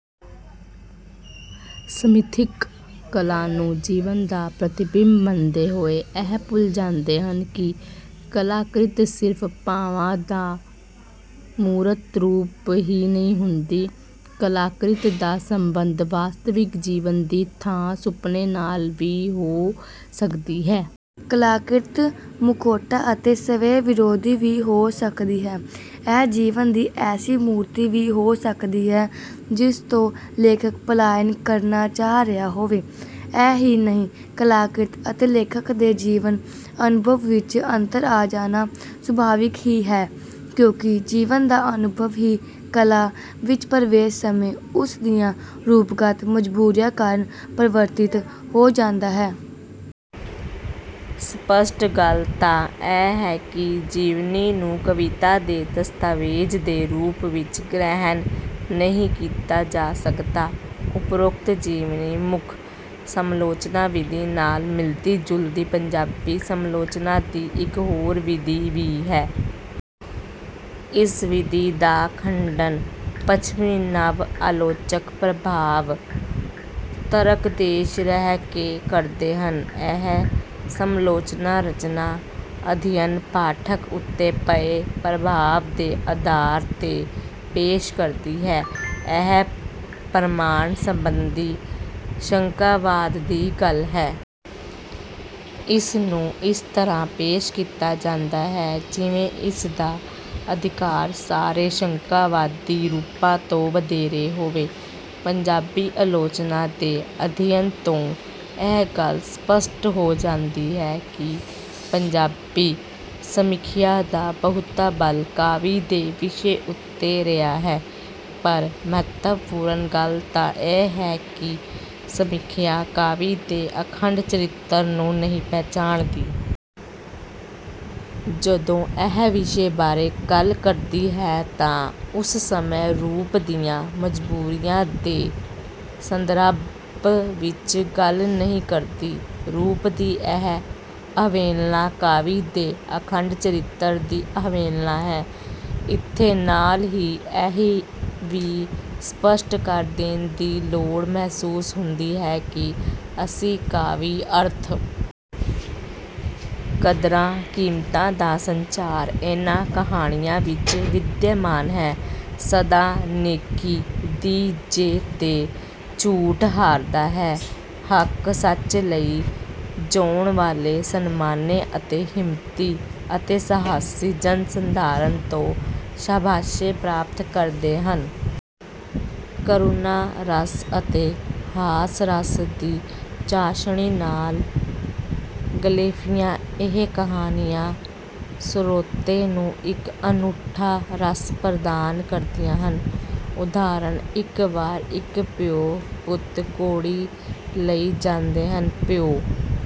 ਸਮੀਖਿਕ ਕਲਾ ਨੂੰ ਜੀਵਨ ਦਾ ਪ੍ਰਤੀਬਿੰਬ ਮੰਨਦੇ ਹੋਏ ਇਹ ਭੁੱਲ ਜਾਂਦੇ ਹਨ ਕਿ ਕਲਾਕਿਰਤ ਸਿਰਫ ਭਾਵਾਂ ਦਾ ਮੂਰਤ ਰੂਪ ਹੀ ਨਹੀਂ ਹੁੰਦੀ। ਕਲਾਕਿਰਤ ਦਾ ਸੰਬੰਧ ਵਾਸਤਵਿਕ ਜੀਵਨ ਦੀ ਥਾਂ ਸੁਪਨੇ ਨਾਲ ਵੀ ਹੋ ਸਕਦੀ ਹੈ। ਕਲਾਕਿਰਤ ਮੁਖੌਟਾ ਅਤੇ ਸਵੈ ਵਿਰੋਧੀ ਵੀ ਹੋ ਸਕਦੀ ਹੈ। ਇਹ ਜੀਵਨ ਦੀ ਐਸੀ ਮੂਰਤੀ ਵੀ ਹੋ ਸਕਦੀ ਹੈ ਜਿਸ ਤੋਂ ਲੇਖਕ ਪਲਾਇਨ ਕਰਨਾ ਚਾਹ ਰਿਹਾ ਹੋਵੇ। ਇਹ ਹੀ ਨਹੀਂ ਕਲਾਕਿਰਤ ਅਤੇ ਲੇਖਕ ਦੇ ਜੀਵਨ ਅਨੁਭਵ ਵਿੱਚ ਅੰਤਰ ਆ ਜਾਣਾ ਸੁਭਾਵਿਕ ਹੀ ਹੈ ਕਿਉਂਕਿ ਜੀਵਨ ਦਾ ਅਨੁਭਵ ਵੀ ਕਲਾ ਵਿੱਚ ਪ੍ਰਵੇਸ਼ ਸਮੇਂ ਉਸ ਦੀਆਂ ਰੂਪਗਤ ਮਜ਼ਬੂਰੀਆਂ ਕਾਰਣ ਪਰਿਵਰਤਿਤ ਹੋ ਜਾਂਦਾ ਹੈ। ਸਪੱਸ਼ਟ ਗੱਲ ਤਾਂ ਇਹ ਹੈ ਕਿ ਜੀਵਨੀ ਨੂੰ ਕਵਿਤਾ ਦੇ ਦਸਤਾਵੇਜ਼ ਦੇ ਰੂਪ ਵਿੱਚ ਗ੍ਰਹਿਣ ਨਹੀਂ ਕੀਤਾ ਜਾ ਸਕਦਾ। ਉਪਰੋਕਤ ਜੀਵਨੀ ਮੁੱਖ ਸਮਾਲੋਚਨਾ ਵਿਧੀ ਨਾਲ ਮਿਲਦੀ ਜੁਲਦੀ ਪੰਜਾਬੀ ਸਮਾਲੋਚਨਾ ਦੀ ਇੱਕ ਹੋਰ ਵਿਧੀ ਵੀ ਹੈ। ਇਸ ਵਿਧੀ ਦਾ ਖੰਡਨ ਪੱਛਮੀ ਨਵ ਆਲੋਚਕ ਪ੍ਰਭਾਵ ਤਰਕਦੋਸ਼ ਕਹਿ ਕੇ ਕਰਦੇ ਹਨ। ਇਹ ਸਮਾਲੋਚਨਾ ਰਚਨਾ ਅਧਿਅਨ ਪਾਠਕ ਉੱਤੇ ਪਏ ਪ੍ਰਭਾਵ ਦੇ ਆਧਾਰ ਤੇ ਪੇਸ਼ ਕਰਦੀ ਹੈ। ਇਹ ਪ੍ਰਮਾਣ ਸੰਬੰਧੀ ਸ਼ੰਕਾਵਾਦ ਦੀ ਗੱਲ ਹੈ। ਇਸ ਨੂੰ ਇਸ ਤਰ੍ਹਾਂ ਪੇਸ਼ ਕੀਤਾ ਜਾਂਦਾ ਹੈ ਜਿਵੇਂ ਇਸ ਦਾ ਅਧਿਕਾਰ ਸਾਰੇ ਸ਼ੰਕਾਵਾਦੀ ਰੂਪਾਂ ਤੋਂ ਵਧੇਰੇ ਹੋਵੇ। ਪੰਜਾਬੀ ਆਲੋਚਨਾ ਦੇ ਅਧਿਅਨ ਤੋਂ ਇਹ ਗੱਲ ਸਪੱਸ਼ਟ ਹੋ ਜਾਂਦੀ ਹੈ ਕਿ ਪੰਜਾਬੀ ਸਮੀਖਿਆ ਦਾ ਬਹੁਤਾ ਬਲ ਕਾਵਿ ਦੇ ਵਿਸ਼ੇ ਉੱਤੇ ਰਿਹਾ ਹੈ ਪਰ ਮਹੱਤਵਪੂਰਨ ਗੱਲ ਤੇ ਇਹ ਹੈ ਕਿ ਇਹ ਸਮੀਖਿਆ ਕਾਵਿ ਦੇ ਅਖੰਡ ਚਰਿਤਰ ਨੂੰ ਨਹੀਂ ਪਹਿਚਾਣਦੀ। ਜਦੋਂ ਇਹ ਵਿਸ਼ੇ ਬਾਰੇ ਗੱਲ ਕਰਦੀ ਹੈ ਤਾਂ ਉਸ ਸਮੇਂ ਰੂਪ ਦੀਆਂ ਮਜ਼ਬੂਰੀਆਂ ਦੇ ਸੰਦਰਭ ਵਿੱਚ ਗੱਲ ਨਹੀਂ ਕਰਦੀ। ਰੂਪ ਦੀ ਇਹ ਅਵਹੇਲਨਾ ਕਾਵਿ ਦੇ ਅਖੰਡ ਚਰਿਤਰ ਦੀ ਅਵਹੇਲਨਾ ਹੈ। ਇੱਥੇ ਨਾਲ ਹੀ ਇਹ ਵੀ ਸਪੱਸ਼ਟ ਕਰ ਦੇਣ ਦੀ ਲੋੜ ਮਹਿਸੂਸ ਹੁੰਦੀ ਹੈ ਕਿ ਅਸੀਂ ਕਾਵਿ ਅਰਥ। ਕਦਰਾਂ ਕੀਮਤਾਂ ਦਾ ਸੰਚਾਰ ਇਨ੍ਹਾਂ ਕਹਾਣੀਆਂ ਵਿੱਚ ਵਿਦਮਾਨ ਹੈ। ਸਦਾ ਨੇਕੀ ਦੀ ਜੈ ਤੇ ਝੂਠ ਹਾਰਦਾ ਹੈ। ਹੱਕ ਸੱਚ ਲਈ ਜੂਝਣ ਵਾਲੇ ਸਨਮਾਨੇ ਅਤੇ ਹਿੰਮਤੀ ਅਤੇ ਸਾਹਸੀ ਜਨਸਧਾਰਨ ਤੋਂ ਸ਼ਾਬਾਸ਼ੇ ਪ੍ਰਾਪਤ ਕਰਦੇ ਹਨ। ਕਰੁਣਾ ਰਸ ਅਤੇ ਹਾਸ ਰਸ ਦੀ ਚਾਸ਼ਨੀ ਨਾਲ ਗਲੇਫੀਆਂ ਇਹ ਕਹਾਣੀਆਂ ਸਰੋਤੇ ਨੂੰ ਇੱਕ ਅਨੂਠਾ ਰਸ ਪ੍ਰਦਾਨ ਕਰਦੀਆਂ ਹਨ। ਉਦਾਹਰਣ ਇੱਕ ਵਾਰ ਇੱਕ ਪਿਉ ਪੁੱਤ ਘੋੜੀ ਲਈ ਜਾਂਦੇ ਹਨ। ਪਿਓ